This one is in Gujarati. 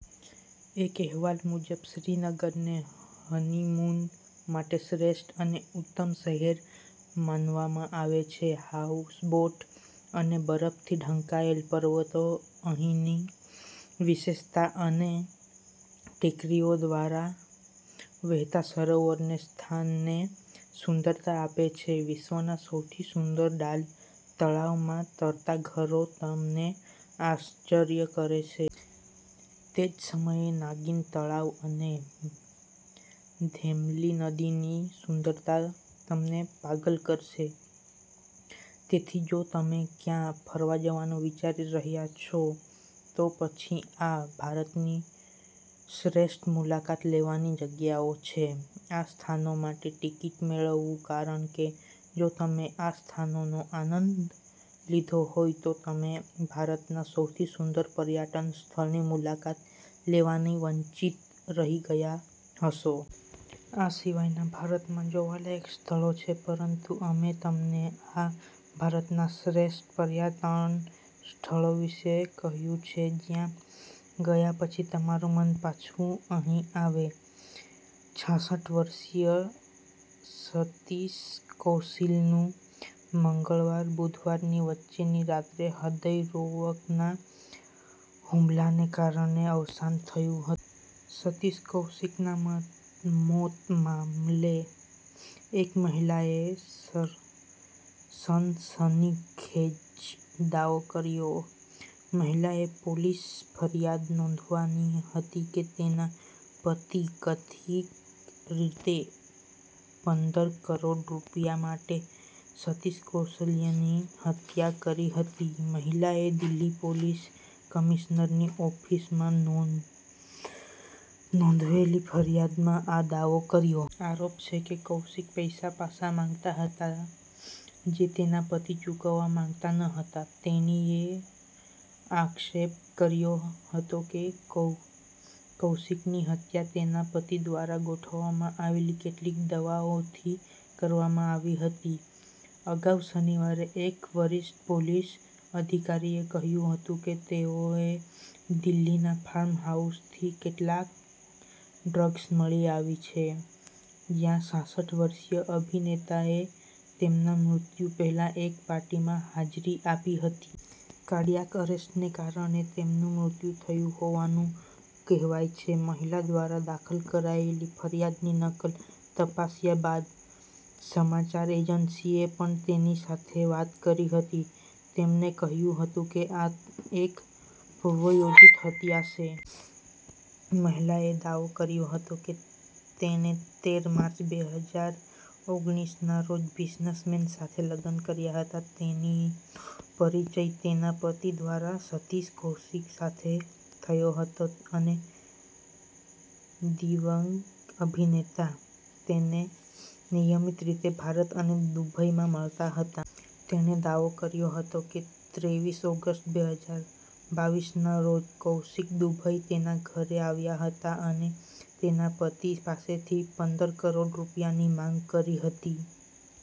એક અહેવાલ મુજબ શ્રીનગરને હનીમૂન માટે શ્રેષ્ઠ અને ઉત્તમ શહેર માનવામાં આવે છે. હાઉસબોટ અને બરફથી ઢંકાયેલ પર્વતો અહીંની વિશેષતા અને ટેકરીઓ દ્વારા વહેતા સરોવરો તે સ્થાનને સુંદરતા આપે છે. વિશ્વના સૌથી સુંદર ડાલ તળાવમાં તરતા ઘરો તમને આશ્ચર્ય કરે છે. તે જ સમયે, નાગિન તળાવ અને ધેમલી નદીની સુંદરતા તમને પાગલ કરશે. તેથી જો તમે ક્યાં ફરવા જવાનું વિચારી રહ્યા છો, તો પછી આ ભારતની શ્રેષ્ઠ મુલાકાત લેવાની જગ્યાઓ છે – આ સ્થાનો માટે ટિકિટ મેળવુ કારણ કે, જો તમે આ સ્થાનોનો આનંદ લીધો હોય તો તમે ભારતના સૌથી સુંદર પર્યાટન સ્થળની મુલાકાત લેવાની વંચિત રહી ગયા હશો. આ સિવાય ના ભારતમાં જોવાલાયક સ્થળો છે. પરંતુ અમે તમને આ ભારતના શ્રેષ્ઠ પર્યાટન સ્થળ વિશે કહ્યું છે, જ્યાં ગયા પછી તમારું મન પાછું અહીં આવે. છાસઠ વર્ષીય સતીશ કૌશિલ નું મંગળવાર-બુધવારની વચ્ચેની રાત્રે હૃદયરોવગના હુમલાને કારણે અવસાન થયું હતું. સતીશ કૌશિકના મ મોત મામલે એક મહિલાએ સ સનસનીખેજ દાવો કર્યો છે. મહિલાએ પોલીસ ફરિયાદ નોંધાવી હતી કે તેના પતિ કથિત રીતે પંદર કરોડ રૂપિયા માટે સતીશ કૌશલ્યની હત્યા કરી હતી. મહિલાએ દિલ્હી પોલીસ કમિશનરની ઓફિસમાં નોંધ નોંધાયેલી ફરિયાદમાં આ દાવો કર્યો. આરોપ છે કે કૌશિક પૈસા પાસા માંગતા હતા, જે તેના પતિ ચૂકવવા માંગતા ન હતા. તેણીએ આક્ષેપ કર્યો હતો કે, કૌ કૌશિકની હત્યા તેના પતિ દ્વારા ગોઠવવામાં આવેલી કેટલીક દવાઓથી કરવામાં આવી હતી. અગાઉ શનિવારે, એક વરિષ પોલીસ અધિકારીએ કહ્યું હતું કે, તેઓએ દિલ્હીના ફાર્મહાઉસ થી કેટલીક 'ડ્રગ્સ' મળી આવી છે, જ્યાં છાસઠ વર્ષીય અભિનેતાએ તેમના મૃત્યુ પહેલાં એક પાર્ટીમાં હાજરી આપી હતી. કાર્ડિયાક અરેસ્ટને કારણે તેમનું મૃત્યુ થયું હોવાનું કહેવાય છે. મહિલા દ્વારા દાખલ કરાયેલી ફરિયાદની નકલ તપાસ્યા બાદ સમાચાર એજન્સી એ પણ તેની સાથે વાત કરી હતી, તેમણે કહ્યું હતું કે આ એક પૂર્વયોજિત હત્યા છે. મહિલાએ દાવો કર્યો હતો કે, તેણે તેર માર્ચ બે હજાર ઓગણીસ ના રોજ બિઝનેસમેન સાથે લગ્ન કર્યા હતા. તેની પરિચય તેના પતિ દ્વારા સતીશ કૌશિક સાથે થયો હતો અને દિવંગત અભિનેતા તેને નિયમિતરીતે ભારત અને દુબઈમાં મળતા હતા. તેણે દાવો કર્યો હતો કે, ત્રેવીસ ઓગસ્ટ બે હજાર બાવીસના રોજ કૌશિક દુબઈ તેના ઘરે આવ્યા હતા અને તેના પતિ પાસેથી પંદર કરોડ રૂપિયાની માંગ કરી હતી.